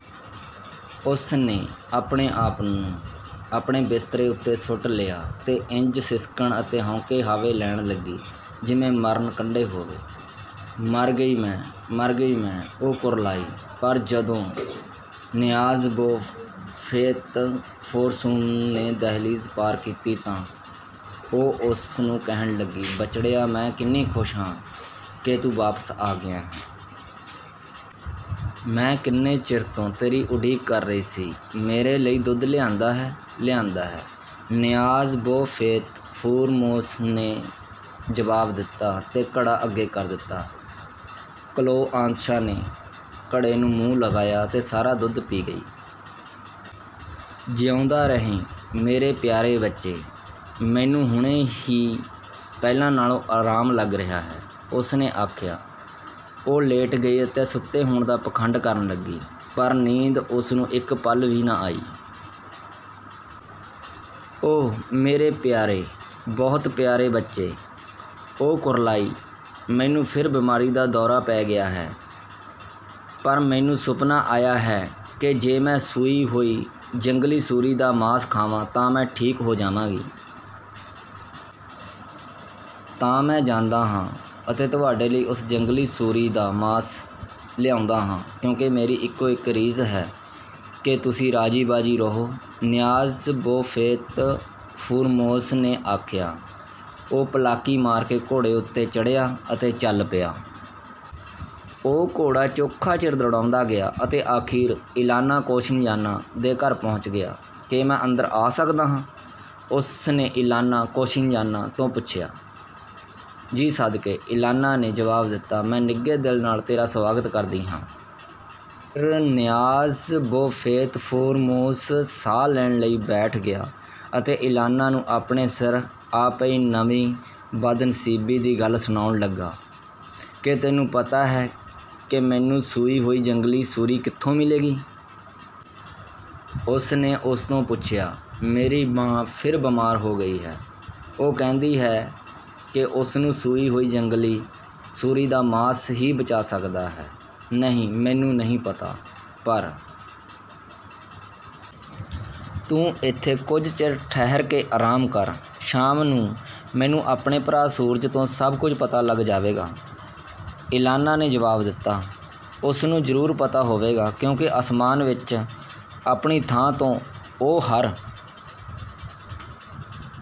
ਉਸ ਨੇ ਆਪਣੇ ਆਪ ਨੂੰ ਆਪਣੇ ਬਿਸਤਰੇ ਉੱਤੇ ਸੁੱਟ ਲਿਆ ਅਤੇ ਇੰਜ ਸਿਸਕਣ ਤੇ ਹਉਕੇ-ਹਾਵੇ ਲੈਣ ਲੱਗੀ, ਜਿਵੇਂ ਮਰਨ-ਕੰਢੇ ਹੋਵੇ। "ਮਰ ਗਈ ਮੈਂ, ਮਰ ਗਈ ਮੈਂ!" ਉਹ ਕੁਰਲਾਈ। ਪਰ ਜਦੋਂ ਨਿਆਜ਼-ਬੋ ਫ਼ੇਤ-ਫ਼ਰੂਮੋਸ ਨੇ ਦਹਿਲੀਜ਼ ਪਾਰ ਕੀਤੀ ਤਾਂ ਉਹ ਉਸ ਨੂੰ ਕਹਿਣ ਲੱਗੀ, "ਬੱਚੜਿਆ, ਮੈਂ ਕਿੰਨੀ ਖ਼ੁਸ਼ ਹਾਂ ਕਿ ਤੂੰ ਵਾਪਸ ਆ ਗਿਆ ਹੈਂ। ਮੈਂ ਕਿੰਨੇ ਚਿਰ ਤੋਂ ਤੇਰੀ ਉਡੀਕ ਕਰ ਰਹੀ ਸੀ। ਮੇਰੇ ਲਈ ਦੁੱਧ ਲਿਆਂਦਾ ਹੈ?" "ਲਿਆਂਦਾ ਹੈ," ਨਿਆਜ਼-ਬੋ ਫ਼ੇਤ-ਫ਼ਰੂਮੋਸ ਨੇ ਜਵਾਬ ਦਿੱਤਾ ਅਤੇ ਘੜਾ ਅੱਗੇ ਕਰ ਦਿੱਤਾ। ਕਲੋਆਂਤਸਾ ਨੇ ਘੜੇ ਨੂੰ ਮੂੰਹ ਲਗਾਇਆ ਅਤੇ ਸਾਰਾ ਦੁੱਧ ਪੀ ਗਈ। "ਜਿਊਂਦਾ ਰਹੇਂ ਮੇਰੇ ਪਿਆਰੇ ਬੱਚੇ, ਮੈਨੂੰ ਹੁਣੇ ਹੀ ਪਹਿਲਾਂ ਨਾਲੋਂ ਆਰਾਮ ਲੱਗ ਰਿਹਾ ਹੈ," ਉਸ ਨੇ ਆਖਿਆ। ਉਹ ਲੇਟ ਗਈ ਅਤੇ ਸੁੱਤੇ ਹੋਣ ਦਾ ਪਾਖੰਡ ਕਰਨ ਲੱਗੀ, ਪਰ ਨੀਂਦ ਉਸ ਨੂੰ ਇੱਕ ਪਲ ਵੀ ਨਾ ਆਈ। "ਓ ਮੇਰੇ ਪਿਆਰੇ, ਬਹੁਤ ਪਿਆਰੇ ਬੱਚੇ!" ਉਹ ਕੁਰਲਾਈ, "ਮੈਨੂੰ ਫਿਰ ਬੀਮਾਰੀ ਦਾ ਦੌਰਾ ਪੈ ਗਿਆ ਹੈ, ਪਰ ਮੈਨੂੰ ਸੁਫ਼ਨਾ ਆਇਆ ਹੈ ਕਿ ਜੇ ਮੈਂ ਸੂਈ ਹੋਈ ਜੰਗਲੀ ਸੂਰੀ ਦਾ ਮਾਸ ਖਾਵਾਂ ਤਾਂ ਮੈਂ ਠੀਕ ਹੋ ਜਾਵਾਂਗੀ।" "ਤਾਂ ਮੈਂ ਜਾਂਦਾ ਹਾਂ ਅਤੇ ਤੁਹਾਡੇ ਲਈ ਉਸ ਜੰਗਲੀ ਸੂਰੀ ਦਾ ਮਾਸ ਲਿਆਉਂਦਾ ਹਾਂ, ਕਿਉਂਕਿ ਮੇਰੀ ਇੱਕੋ-ਇੱਕ ਰੀਝ ਇਹ ਹੈ ਕਿ ਤੁਸੀਂ ਰਾਜ਼ੀ-ਬਾਜ਼ੀ ਰਹੋ," ਨਿਆਜ਼-ਬੋ ਫ਼ੇਤ-ਫ਼ਰੂਮੋਸ ਨੇ ਆਖਿਆ। ਉਹ ਪਲਾਕੀ ਮਾਰ ਕੇ ਘੋੜੇ ਉੱਤੇ ਚੜ੍ਹਿਆ ਅਤੇ ਚੱਲ ਪਿਆ। ਉਹ ਘੋੜਾ ਚੋਖਾ ਚਿਰ ਦੁੜਾਉਂਦਾ ਗਿਆ ਅਤੇ ਅਖ਼ੀਰ ਇਲਾਨਾ ਕੋਸਿਨਜ਼ਾਨਾ ਦੇ ਘਰ ਪਹੁੰਚ ਗਿਆ। "ਕੀ ਮੈਂ ਅੰਦਰ ਆ ਸਕਦਾ ਹਾਂ?" ਉਸ ਨੇ ਇਲਾਨਾ ਕੋਸਿਨਜ਼ਾਨਾ ਤੋਂ ਪੁੱਛਿਆ। "ਜੀ ਸਦਕੇ," ਇਲਾਨਾ ਨੇ ਜਵਾਬ ਦਿੱਤਾ, "ਮੈਂ ਨਿੱਘੇ ਦਿਲ ਨਾਲ ਤੇਰਾ ਸੁਆਗਤ ਕਰਦੀ ਹਾਂ।" ਫ਼ਿਰ ਨਿਆਜ਼-ਬੋ ਫ਼ੇਤ-ਫ਼ਰੂਮੋਸ ਸਾਹ ਲੈਣ ਲਈ ਬੈਠ ਗਿਆ ਅਤੇ ਇਲਾਨਾ ਨੂੰ ਆਪਣੇ ਸਿਰ ਆ ਪਈ ਨਵੀਂ ਬਦਨਸੀਬੀ ਦੀ ਗੱਲ ਸੁਣਾਉਣ ਲੱਗਾ। "ਕੀ ਤੈਨੂੰ ਪਤਾ ਹੈ ਕਿ ਮੈਨੂੰ ਸੂਈ ਹੋਈ ਜੰਗਲੀ ਸੂਰੀ ਕਿੱਥੋਂ ਮਿਲੇਗੀ?" ਉਸ ਨੇ ਉਸ ਤੋਂ ਪੁੱਛਿਆ, "ਮੇਰੀ ਮਾਂ ਫਿਰ ਬੀਮਾਰ ਹੋ ਗਈ ਹੈ। ਉਹ ਕਹਿੰਦੀ ਹੈ ਕਿ ਉਸ ਨੂੰ ਸੂਈ ਹੋਈ ਜੰਗਲੀ ਸੂਰੀ ਦਾ ਮਾਸ ਹੀ ਬਚਾ ਸਕਦਾ ਹੈ।" "ਨਹੀਂ, ਮੈਨੂੰ ਨਹੀਂ ਪਤਾ। ਪਰ ਤੂੰ ਇੱਥੇ ਕੁਝ ਚਿਰ ਠਹਿਰ ਕੇ ਆਰਾਮ ਕਰ, ਸ਼ਾਮ ਨੂੰ ਮੈਨੂੰ ਆਪਣੇ ਭਰਾ ਸੂਰਜ ਤੋਂ ਸਭ ਕੁਝ ਪਤਾ ਲੱਗ ਜਾਵੇਗਾ," ਇਲਾਨਾ ਨੇ ਜਵਾਬ ਦਿੱਤਾ, "ਉਸ ਨੂੰ ਜ਼ਰੂਰ ਪਤਾ ਹੋਵੇਗਾ, ਕਿਉਂਕਿ ਅਸਮਾਨ ਵਿੱਚ ਆਪਣੀ ਥਾਂ ਤੋਂ ਉਹ ਹਰ